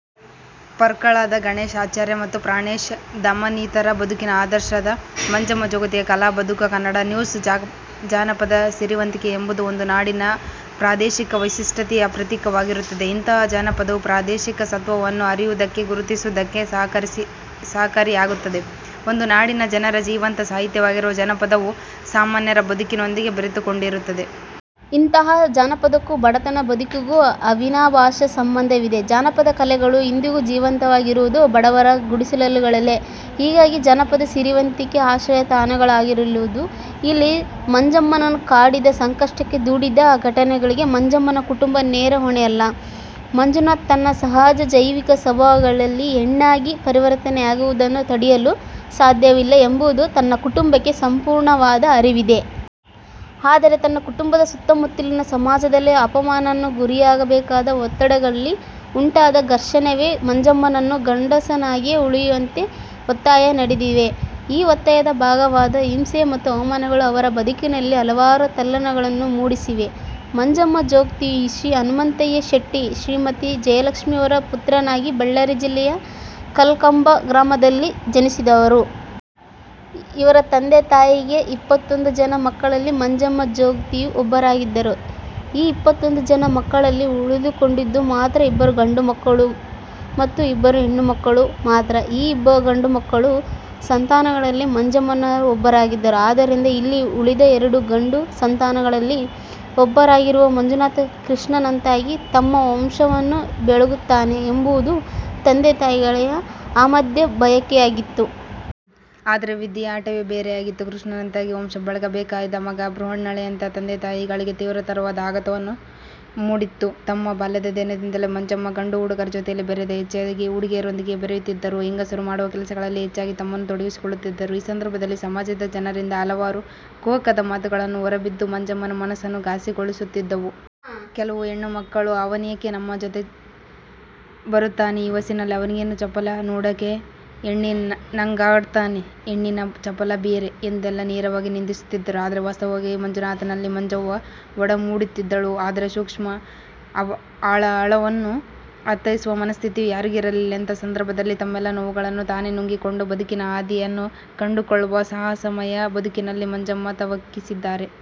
ಪರ್ಕಳದ ಗಣೇಶ್ ಆಚಾರ್ಯ ಮತ್ತು ಪ್ರಾಣೇಶ್ ದಮನಿತರ ಬದುಕಿನ ಆಶಾಕಿರಣ ಮಂಜಮ್ಮ ಜೋಗತಿಯ ಕಲಾ ಬದುಕು – ಕನ್ನಡ ನ್ಯೂಸ್ ಜಾನಪದ ಸಿರಿವಂತಿಕೆ ಎಂಬುದು ಒಂದು ನಾಡಿನ ಪ್ರಾದೇಶಿಕ ವೈಶಿಷ್ಟ್ಯತೆಯ ಪ್ರತೀಕವಾಗಿರುತ್ತದೆ. ಇಂತಹ ಜಾನಪದವು ಪ್ರಾದೇಶಿಕ ಸತ್ವವನ್ನು ಅರಿಯುವುದಕ್ಕೆ, ಗುರುತಿಸುವುದಕ್ಕೆ ಸಹಕಾರಿಯಾಗುತ್ತದೆ. ಒಂದು ನಾಡಿನ ಜನರ ಜೀವಂತ ಸಾಹಿತ್ಯವಾಗಿರುವ ಜನಪದವು ಸಾಮಾನ್ಯರ ಬದುಕಿನೊಂದಿಗೆ ಬೆರೆತುಕೊಂಡಿರುತ್ತದೆ. ಇಂತಹ ಜಾನಪದಕ್ಕೂ ಬಡತನದ ಬದುಕಿಗೂ ಅವಿನಾಭಾವ ಸಂಬಂಧವಿದೆ. ಜಾನದಪ ಕಲೆಗಳು ಇಂದಿಗೂ ಜೀವಂತವಾಗಿರುವುದು ಬಡವರ ಗುಡಿಸಲುಗಳಲ್ಲೆ. ಹೀಗಾಗಿ ಜಾನಪದ ಸಿರಿವಂತಿಕೆಗೆ ಆಶ್ರಯ ತಾಣಗಳಾಗಿರುವುದು ಇಲ್ಲಿ ಮಂಜಮ್ಮನನ್ನು ಕಾಡಿದ, ಸಂಕಷ್ಟಕ್ಕೆ ದೂಡಿದ ಘಟನೆಗಳಿಗೆ ಮಂಜಮ್ಮನ್ನ ಕುಟುಂಬ ನೇರ ಹೊಣೆಯಲ್ಲ. ಮಂಜುನಾಥ ತನ್ನ ಸಹಜ ಜೈವಿಕ ಸ್ವಭಾವಗಳಲ್ಲಿ ಹೆಣ್ಣಾಗಿ ಪರಿವರ್ತನೆಯಾಗುವುದನ್ನು ತಡೆಯಲು ಸಾಧ್ಯವಿಲ್ಲ ಎಂಬುದು ತನ್ನ ಕುಟುಂಬಕ್ಕೆ ಸಂಪೂರ್ಣವಾದ ಅರಿವಿದೆ. ಆದರೆ ತನ್ನ ಕುಟುಂಬದ ಸುತ್ತಮುತ್ತಲಿನ ಸಮಾಜದಲ್ಲಿ ಅಪಮಾನಕ್ಕೆ ಗುರಿಯಾಗಬೇಕಾದ ಒತ್ತಡಗಳಲ್ಲಿ ಉಂಟಾದ ಸಂಘರ್ಷವೇ ಮಂಜಮ್ಮನನ್ನು ಗಂಡಸ್ಸಾಗಿಯೇ ಉಳಿಯುವಂತೆ ಒತ್ತಾಯ ನಡೆದಿವೆ. ಈ ಒತ್ತಾಯದ ಭಾಗವಾದ ಹಿಂಸೆ ಮತ್ತು ಅವಮಾನಗಳು ಅವರ ಬದುಕಿನಲ್ಲಿ ಹಲವಾರು ತಲ್ಲಣಗಳನ್ನು ಮೂಡಿಸಿವೆ. ಮಂಜಮ್ಮ ಜೋಗತಿಯು ಶ್ರೀ ಹನುಮಂತಯ್ಯ ಶೆಟ್ಟಿ, ಶ್ರೀಮತಿ ಜಯಲಕ್ಷ್ಮೀಯವ ಪುತ್ರನಾಗಿ ಬಳ್ಳಾರಿ ಜಿಲ್ಲೆಯ ಕಲ್ಲುಕಂಬ ಗ್ರಾಮದಲ್ಲಿ ಜನಿಸಿದವರು. ಇವರ ತಂದೆ ತಾಯಿಗೆ ಇಪ್ಪತ್ತೊಂದು ಜನ ಮಕ್ಕಳಲ್ಲಿ ಮಂಜಮ್ಮ ಜೋಗತಿಯು ಒಬ್ಬರಾಗಿದ್ದರು. ಈ ಇಪ್ಪತ್ತೊಂದು ಜನ ಮಕ್ಕಳಲ್ಲಿ ಉಳಿದುಕೊಂಡಿದ್ದು ಮಾತ್ರ ಇಬ್ಬರು ಗಂಡು ಮಕ್ಕಳು ಮತ್ತು ಇಬ್ಬರು ಹೆಣ್ಣು ಮಕ್ಕಳು ಮಾತ್ರ. ಈ ಇಬ್ಬರು ಗಂಡು ಸಂತಾನಗಳಲ್ಲಿ ಮಂಜಮ್ಮ ಒಬ್ಬರಾಗಿದ್ದರು. ಆದ್ದರಿಂದ ಇಲ್ಲಿ ಉಳಿದ ಎರಡು ಗಂಡು ಸಂತಾನಗಳಲ್ಲಿ ಒಬ್ಬರಾಗಿರುವ ಮಂಜುನಾಥ ಕೃಷ್ಣನಂತಾಗಿ ತಮ್ಮ ವಂಶವನ್ನು ಬೆಳಗುತ್ತಾನೆ ಎಂಬುದು ತಂದೆ ತಾಯಿಗಳ ಆದಮ್ಯ ಬಯಕೆಯಾಗಿತ್ತು. ಆದರೆ ವಿಧಿಯಾಟವೇ ಬೇರೆಯಾಗಿತ್ತು. ಕೃಷ್ಣನಂತಾಗಿ ವಂಶ ಬೆಳಗಬೇಕಾದ ಮಗ ಬೃಹನ್ನಳೆಯಂತಾದಾಗ ತಂದೆ ತಾಯಿಗಳಿಗೆ ತೀವ್ರತರವಾದ ಆಘಾತವನ್ನು ಮೂಡಿತ್ತು. ತಮ್ಮ ಬಾಲ್ಯದ ದಿನಗಳಿಂದಲೆ ಮಂಜಮ್ಮ ಗಂಡು ಹುಡುಗರ ಜೊತೆಯಲ್ಲಿ ಬೆರೆಯದೆ ಹೆಚ್ಚಾಗಿ ಹುಡುಗಿಯರೊಂದಿಗೆ ಬೆರೆಯುತ್ತಿದ್ದರು. ಹೆಂಗಸರು ಮಾಡುವ ಕೆಲಸಗಳಲ್ಲಿ ಹೆಚ್ಚಾಗಿ ತಮ್ಮನ್ನು ತೊಡಗಿಸಿಕೊಳ್ಳುತ್ತಿದ್ದರು. ಈ ಸಂದರ್ಭದಲ್ಲಿ ಸಮಾಜದ ಜನರಿಂದ ಹಲವಾರು ಕುಹಕದ ಮಾತುಗಳು ಹೊರಬಿದ್ದು, ಮಂಜಮ್ಮನ ಮನಸ್ಸನ್ನು ಘಾಸಿಗೊಳಿಸುತ್ತಿದ್ದವು. ಕೆಲವು ಹೆಣ್ಣು ಮಕ್ಕಳು "ಅವನ್ಯಾಕೆ ನಮ್ಮ ಜತೆ ಬರುತ್ತಾನೆ? ಈ ವಯಸ್ಸಿಗೆ ಅವನಿಗೇನು ಚಪಲ. ನೋಡೋಕೆ ಹೆಣ್ಣಿನಂಗಾಡ್ತಾನೆ, ಹೆಣ್ಣಿನ ಚಪಲ ಬ್ಯಾರೆ" ಎಂದೆಲ್ಲ ನೇರವಾಗಿ ನಿಂದಿಸುತ್ತಿದ್ದರು. ಆದರೆ ವಾಸ್ತವವಾಗಿ ಮಂಜುನಾಥನಲ್ಲಿ ಮಂಜವ್ವ ಒಡಮೂಡುತ್ತಿದ್ದಳು. ಆದರೆ ಈ ಸೂಕ್ಷ್ಮ ಅಳಲನ್ನು ಅರ್ಥೈಸುವ ಮನಸ್ಥಿತಿಯು ಯಾರಿಗೂ ಇರಲಿಲ್ಲ. ಇಂತಹ ಸಂದರ್ಭದಲ್ಲಿ ತನ್ನೆಲ್ಲ ನೋವುಗಳನ್ನು ತಾನೆ ನುಂಗಿಕೊಂಡು ಬದುಕಿನ ಹಾದಿಯನ್ನು ಕಂಡುಕೊಳ್ಳುವ ಸಾಹಸಮಯ ಬದುಕಿಗಾಗಿ ಮಂಜಮ್ಮ ತವಕಿಸಿದ್ದಾರೆ.